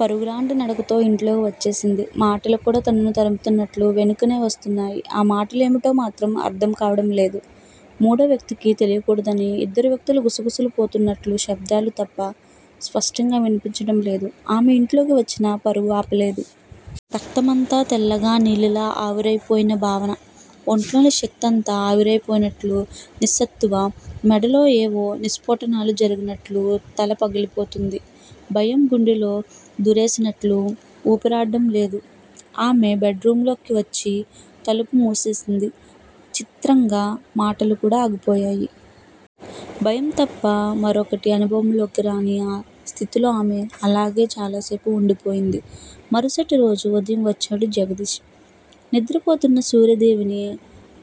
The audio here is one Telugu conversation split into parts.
పరుగులాంటి నడకతో ఇంట్లోకి వచ్చేసింది. మాటలు కూడా తనను తరుముతున్నట్లు వెనకే వస్తున్నాయి. ఆ మాటలు ఏమిటో మాత్రం అర్ధం కావడం లేదు. మూడో వ్యక్తికి తెలియకూడదని ఇద్దరు వ్యక్తులు గుసగుసలు పోతున్నట్లు శబ్ధాలు తప్ప స్పష్టంగా వినిపించడం లేదు. ఆమె ఇంట్లోకి వచ్చినా పరుగు ఆపలేదు. రక్తం అంతా తెల్లగా నీళ్ళలా అయిపోయిన భావన. ఒంట్లోని శక్తంతా ఆవిరయి పోయినట్లు నిస్సత్తువ. మెదడులో యేవో విస్ఫోటనాలు జరుగుతున్నట్లు తల పగిలిపోతోంది. భయం గుండెల్లో దూరేసినట్లు ఊపిరాడడం లేదు. ఆమె బెడ్ రూమ్ లో కొచ్చి తలుపు మూసేసింది. చిత్రంగా మాటలు కూడా ఆగిపోయాయి. భయంతప్ప మరొకటి అనుభవంలోకి రాని ఆ స్థితిలో ఆమె అలాగే చాలాసేపు వుండిపోయింది. మరుసటిరోజు ఉదయం వచ్చాడు జగదీష్. నిద్రపోతున్న సూర్యాదేవిని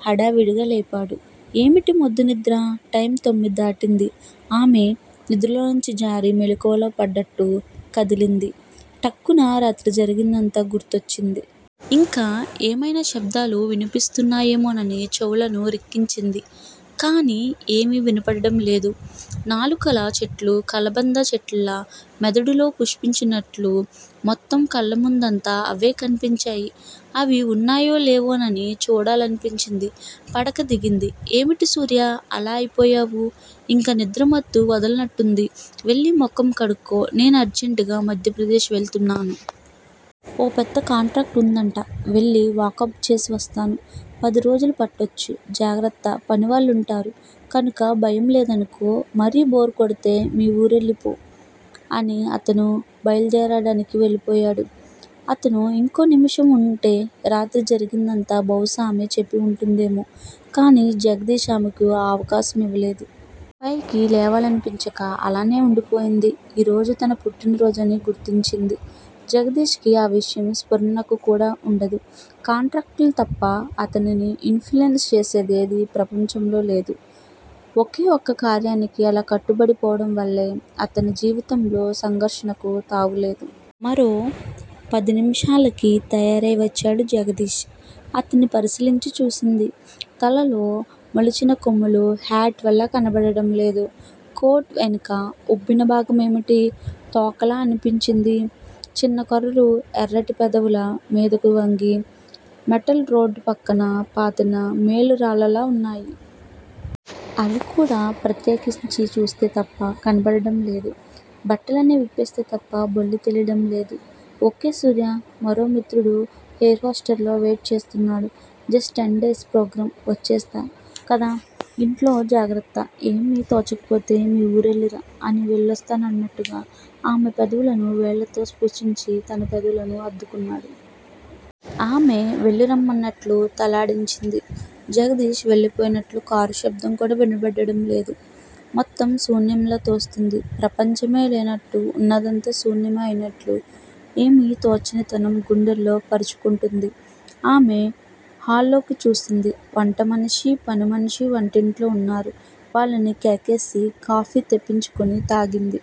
హడావుడిగా లేపాడు. ఏమిటీ మొద్దునిద్ర? టైమ్ తొమ్మిది దాటింది ఆమె నిద్రలోంచి జారి మెలకువలో పడ్డట్లు కదిలింది. ఠక్కున రాత్రి జరిగినదంతా గుర్తొచ్చింది. ఇంకా ఏమయినా శబ్ధాలు వినిపిస్తున్నాయేమోనని చెవులను రిక్కించింది. కానీ ఏమీ వినబడటంలేదు. నాలుకల చెట్లు కలబంద చెట్లలా మెదడులో పుష్పించినట్లు మొత్తం కళ్ళముందంతా అవే కనిపించాయి. అవి వున్నాయో లేవోనని చూడాలనిపించి పడక దిగింది. ఏమిటి సూర్యా! అలా అయిపోయావు? ఇంకా నిద్రమత్తు వదలనట్లుంది. వెళ్ళి ముఖం కడుక్కో నేను అర్జంటుగా మధ్యప్రదేశ్ వెళుతున్నాను. ఓ పెద్ద కాంట్రాక్టు వుందట. వెళ్ళి వాకబుచేసి వస్తాను. పదిరోజులు పట్టచ్చు. జాగ్రత్త పనివాళ్ళుంటారు. కనుక భయం లేదనుకో. మరీ బోర్ కొడితే మీ ఊరెళ్ళిపో అని అతను బయల్దేరడానికి వెళ్ళిపోయాడు. అతను ఇంకో నిముషం వుంటే రాత్రి జరిగినదంతా బహుశా ఆమె చెప్పి వుండేదేమో కానీ జగదీష్ ఆమెకి ఆ అవకాశం ఇవ్వలేదు. పైకి లేవాలనిపించక అలానే వుండిపోయింది. ఈరోజు తన పుట్టిన రోజని గుర్తిచ్చింది. జగదీష్ కి ఆ విషయం స్ఫురణకు కూడా వుండదు. కాంట్రాక్టులు తప్ప అతన్ని ఇన్సులియన్స్ చేసేదేదీ ప్రపంచంలో లేదు. ఒకే ఒక్క కార్యానికి అలా కట్టుబడి పోవడం వల్లే అతని జీవితంలో సంఘర్షణకు తావులేదు. మరో పదినిముషాలకి తయారై వచ్చాడు జగదీష్. అతన్ని పరిశీలించి చూసింది. తలలో మొలిచిన కొమ్ములు హ్యాట్ వల్ల కనబడడంలేదు. కోటు వెనుక ఉబ్భిన భాగం ఏమిటి? తోకలా అనిపించింది. చిన్న కోరలు ఎర్రటి పెదవుల మీదకు వంగి మెటల్ రోడ్డు పక్కన పాతిన మైలురాళ్ళలా వున్నాయి. అవి కూడా ప్రత్యేకించి చూస్తే తప్ప కనిపించడం లేదు. బట్టలన్నీ విప్పేస్తే తప్ప బొల్లి తెలియడం లేదు. ఓకే సూర్యా! మరో మిత్రుడు ఎయిర్ పోర్ట్ లో వెయిట్ చేస్తుంటాడు. జస్ట్ టెన్ డేస్ ప్రోగ్రామ్ వచ్చేస్తా గదా ఇంట్లో జాగ్రత్త ఏమీ తోచకపోతే మీ ఊరెళ్ళిరా అని వెళ్ళొస్తానన్నట్లు ఆమె పెదవులను వేళ్ళతో స్ప్రుశించి తన పెదవులను అద్దుకున్నాడు. ఆమె వెళ్ళిరమ్మన్నట్లు తల ఆడించింది. జగదీష్ వెళ్ళిపోయినట్లు కారు శబ్దం కూడా వినబడటం లేదు. మొత్తం శూన్యంలా తోస్తోంది. ప్రపంచమే లేనట్లు, వున్నదంతా శూన్యమే అయినట్లు ఏమీ తోచనితనం గుండెల్లో పరుచుకుంటోంది. ఆమె హాల్లోకి చూసింది. వంట మనిషి, పనిమనిషీ వంటింట్లో వున్నారు. వాళ్ళని కేకేసి కాఫీ తెప్పించుకుని తాగింది.